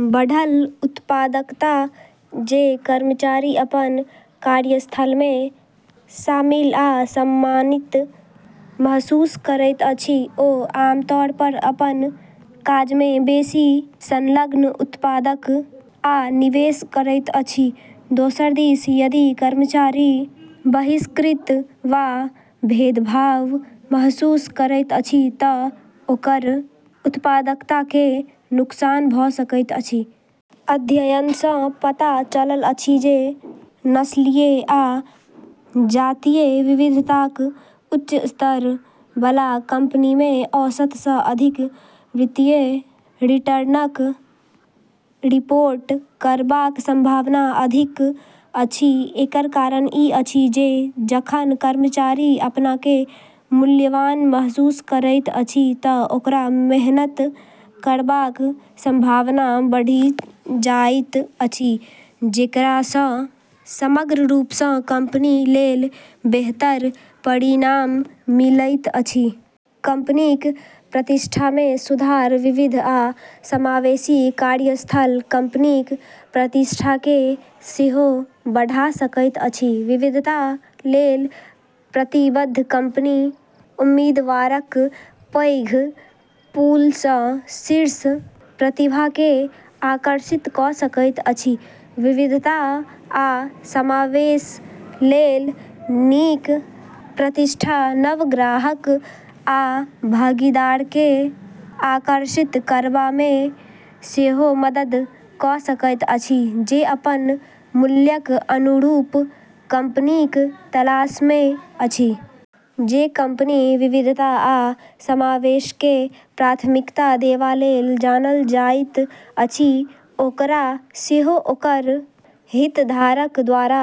बढ़ल उत्पादकता जे कर्मचारी अपन कार्यस्थलमे शामिल आ सम्मानित महसूस करैत अछि, ओ आमतौर पर अपन काजमे बेसि संलग्न, उत्पादक आ निवेश करैत अछि। दोसर दिस यदि कर्मचारी बहिष्कृत वा भेदभाव महसूस करैत अछि तँ ओकर उत्पादकताकेँ नुकसान भ’ सकैत अछि। अध्ययन सँ पता चलल अछि जे नस्लीय आ जातीय विविधताक उच्च स्तर बला कंपनीमे औसत सँ अधिक वित्तीय रिटर्नक रिपोर्ट करबाक संभावना अधिक अछि। एकर कारण ई अछि जे जखन कर्मचारी अपनाकेँ मूल्यवान महसूस करैत अछि तँ ओकरा मेहनत करबाक संभावना बढ़ि जाइत अछि, जेकरा सँ समग्र रूप सँ कंपनी लेल बेहतर परिणाम मिलैत अछि। कंपनीक प्रतिष्ठामे सुधार विविध आ समावेशी कार्यस्थल कंपनीक प्रतिष्ठाकेँ सेहो बढ़ा सकैत अछि। विविधता लेल प्रतिबद्ध कंपनी उम्मीदवारक पैघ पूल सँ शीर्ष प्रतिभाकेँ आकर्षित क’ सकैत अछि। विविधता आ समावेश लेल नीक प्रतिष्ठा नव ग्राहक आ भागीदारकेँ आकर्षित करबामे सेहो मदद क’ सकैत अछि जे अपन मूल्यक अनुरूप कंपनीक तलाशमे अछि। जे कंपनी विविधता आ समावेशकेँ प्राथमिकता देबा लेल जानल जाइत अछि, ओकरा सेहो ओकर हितधारक द्वारा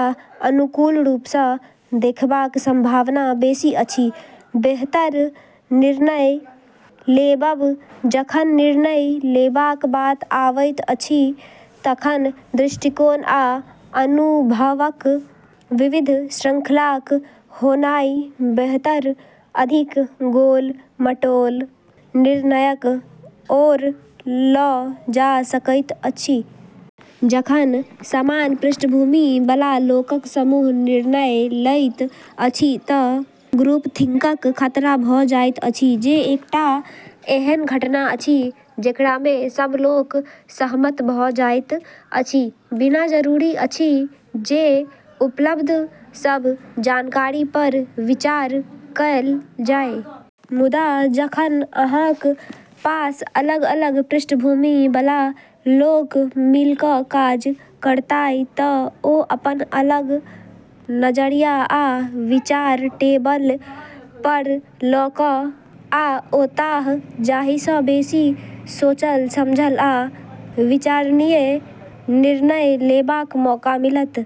अनुकूल रूप सँ देखबाक संभावना बेसि अछि। बेहतर निर्णय लेबब जखन निर्णय लेबाक बात आवैत अछि तखन दृष्टिकोण आ अनुभवक विविध श्रृंखलाक होनाइ बेहतर, अधिक गोल-मटोल निर्णयक ओर ल’ जा सकैत अछि। जखन समान पृष्ठभूमि बला लोकक समूह निर्णय लैत अछि तँ ग्रुपथिंकक खतरा भ’ जाइत अछि, जे एकटा एहन घटना अछि, जेकरामे सभ लोक सहमत भ’ जाइत अछि, बिना जरूरी अछि जे उपलब्ध सभ जानकारी पर विचार कएल जाय। मुदा जखन अहाँक पास अलग-अलग पृष्ठभूमि बला लोक मिलि क’ काज करताह तँ ओ अपन अलग नजरिया आ विचार टेबल पर ल’ क’ आओताह, जाहि सँ बेसि सोचल-समझल आ विचारणीय निर्णय लेबाक मौका मिलत।